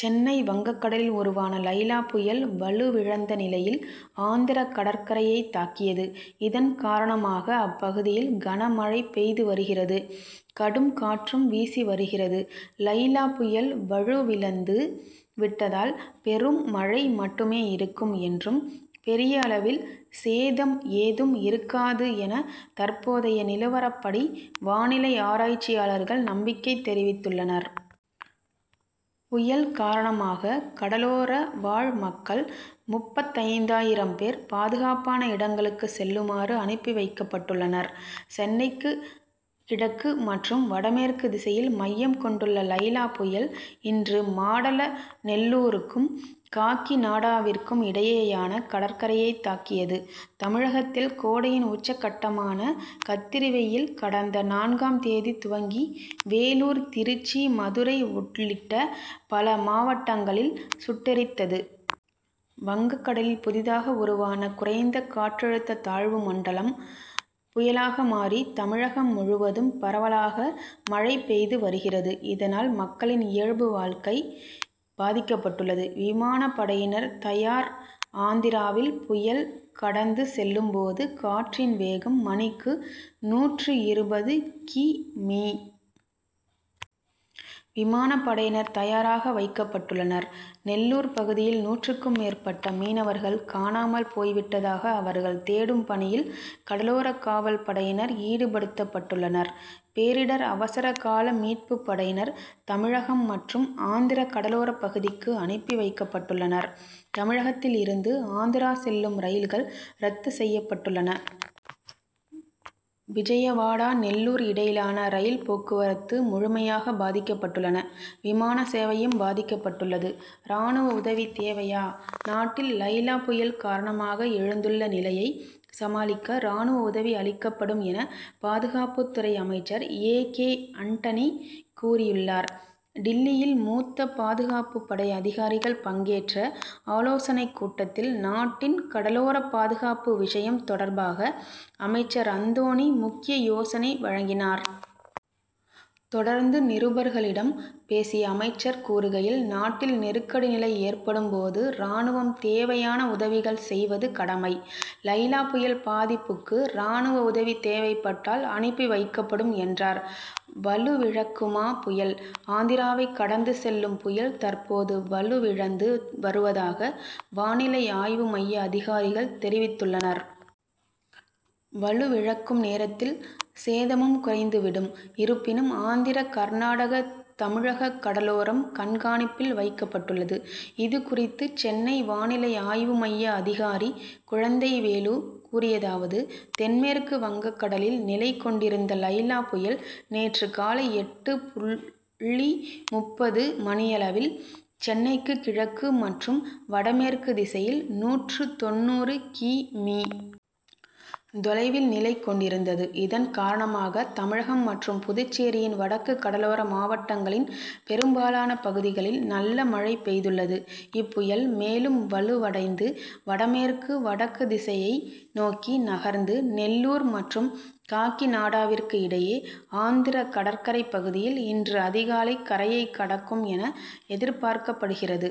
சென்னை வங்ககடலில் உருவான லைலா புயல் வலுவிழந்த நிலையில் ஆந்திர கடற்கரையை தாக்கியது. இதன் காரணமாக அப்பகுதியில் கனமழை பெய்து வருகிறது. கடும் காற்றும் வீசி வருகிறது. லைலா புயல் வலுவிழந்து விட்டதால் பெரும் மழை மட்டுமே இருக்கும் என்றும் பெரிய அளவில் சேதம் ஏதும் இருக்காது என தற்போதைய நிலவரப்படி வானிலை ஆராய்ச்சியாளர்கள் நம்பிக்கை தெரிவித்துள்ளனர். புயல் காரணமாக கடலோரவாழ் மக்கள் முப்பத்தைந்தாயிரம் பேர் பாதுகாப்பான இடங்களுக்கு செல்லுமாறு அனுப்பி வைக்கப்பட்டுள்ளனர். சென்னைக்கு கிழக்கு மற்றும் வடமேற்கு திசையில் மையம் கொண்டுள்ள லைலா புயல் இன்று மாடல நெல்லூருக்கும் காக்கிநாடாவிற்கும் இடையேயான கரையை தாக்கியது. தமிழகத்தில் கோடையின் உச்சகட்டமான கத்திரிவெயில் கடந்த நான்காம் தேதி துவங்கி வேலூர் திருச்சி மதுரை உள்ளிட்ட பல மாவட்டங்களில் சுட்டெரித்தது. வங்கக் கடலில் புதிதாக உருவான குறைந்த காற்றழுத்த தாழ்வு மண்டலம் புயலாக மாறி தமிழகம் முழுவதும் பரவலாக மழை பெய்து வருகிறது. இதனால் மக்களின் இயல்பு வாழ்க்கை பாதிக்கப்பட்டுள்ளது. விமான படையினர் தயார் ஆந்திராவில் புயல் கடந்து செல்லும்போது காற்றின் வேகம் மணிக்கு நூற்று இருபது கி.மீ. விமான படையினர் தயாராக வைக்கப்பட்டுள்ளனர். நெல்லூர் பகுதியில் நூற்றுக்கும் மேற்பட்ட மீனவர்கள் காணாமல் போய்விட்டதாக அவர்களை தேடும் பணியில் கடலோர காவல்படையினர் ஈடுபடுத்தப்பட்டுள்ளனர். பேரிடர் அவசர கால மீட்பு படையினர் தமிழகம் மற்றும் ஆந்திர கடலோர பகுதிக்கு அனுப்பி வைக்கப்பட்டுள்ளனர். தமிழகத்தில் இருந்து ஆந்திரா செல்லும் ரயில்கள் ரத்து செய்யப்பட்டுள்ளன. விஜயவாடா நெல்லூர் இடையிலான ரயில் போக்குவரத்து முழுமையாக பாதிக்கப்பட்டுள்ளன. விமான சேவையும் பாதிக்கப்பட்டுள்ளது. ராணுவ உதவி தேவையா நாட்டில் லைலா புயல் காரணமாக எழுந்துள்ள நிலையை சமாளிக்க ராணுவ உதவி அளிக்கப்படும் என பாதுகாப்பு துறை அமைச்சர் ஏ. கே. அண்டனி கூறியுள்ளார். டில்லியில் மூத்த பாதுகாப்பு படை அதிகாரிகள் பங்கேற்ற ஆலோசனை கூட்டத்தில் நாட்டின் கடலோர பாதுகாப்பு விஷயம் தொடர்பாக அமைச்சர் அந்தோணி முக்கிய யோசனை வழங்கினார். தொடர்ந்து நிருபர்களிடம் பேசிய அமைச்சர் கூறுகையில் நாட்டில் நெருக்கடி நிலை ஏற்படும் போது ராணுவம் தேவையான உதவிகள் செய்வது கடமை. லைலா புயல் பாதிப்புக்கு ராணுவ உதவி தேவைப்பட்டால் அனுப்பி வைக்கப்படும் என்றார். வலுவிழக்குமா புயல் ஆந்திராவை கடந்து செல்லும் புயல் தற்போது வலுவிழந்து வருவதாக வானிலை ஆய்வு மைய அதிகாரிகள் தெரிவித்துள்ளனர். வலுவிழக்கும் நேரத்தில் சேதமும் குறைந்து விடும். இருப்பினும் ஆந்திர கர்நாடக தமிழக கடலோரம் கண்காணிப்பில் வைக்கப்பட்டுள்ளது. இதுகுறித்து சென்னை வானிலை ஆய்வுமைய அதிகாரி குழந்தைவேலு கூறியதாவது தென்மேற்கு வங்கக்கடலில் நிலைகொண்டிருந்த லைலா புயல் நேற்று காலை எட்டு புள்ளி முப்பது மணியளவில் சென்னைக்கு கிழக்கு மற்றும் வடமேற்கு திசையில் நூற்று தொண்ணூறு கி.மீ. தொலைவில் நிலை கொண்டிருந்தது. இதன் காரணமாக தமிழகம் மற்றும் புதுச்சேரியின் வடக்கு கடலோர மாவட்டங்களின் பெரும்பாலான பகுதிகளில் நல்ல மழை பெய்துள்ளது. இப்புயல் மேலும் வலுவடைந்து வடமேற்கு வடக்கு திசையை நோக்கி நகர்ந்து நெல்லூர் மற்றும் காக்கிநாடாவிற்கு இடையே ஆந்திர கடற்கரை பகுதியில் இன்று அதிகாலை கரையை கடக்கும் என எதிர்பார்க்கப்படுகிறது.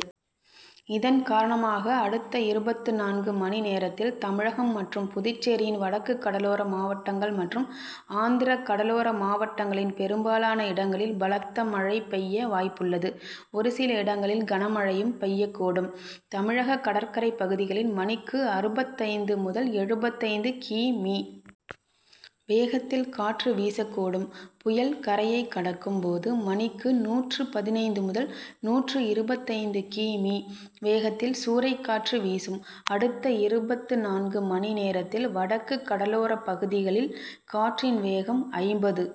இதன் காரணமாக அடுத்த இருபத்துநான்கு மணி நேரத்தில் தமிழகம் மற்றும் புதுச்சேரியின் வடக்கு கடலோர மாவட்டங்கள் மற்றும் ஆந்திர கடலோர மாவட்டங்களின் பெரும்பாலான இடங்களில் பலத்த மழை பெய்ய வாய்ப்புள்ளது. ஒருசில இடங்களில் கனமழையும் பெய்யக்கூடும். தமிழக கடற்கரை பகுதிகளில் மணிக்கு அறுபத்தைந்து முதல் எழுபத்தைந்து கி.மீ. வேகத்தில் காற்று வீசக்கூடும். புயல் கரையை கடக்கும் போது மணிக்கு நூற்று பதினைந்து முதல் நூற்று இருபத்தைந்து கி.மீ. வேகத்தில் சூறைக்காற்று வீசும். அடுத்த இருபத்துநான்கு மணி நேரத்தில் வடக்கு கடலோர பகுதிகளில் காற்றின் வேகம் ஐம்பது.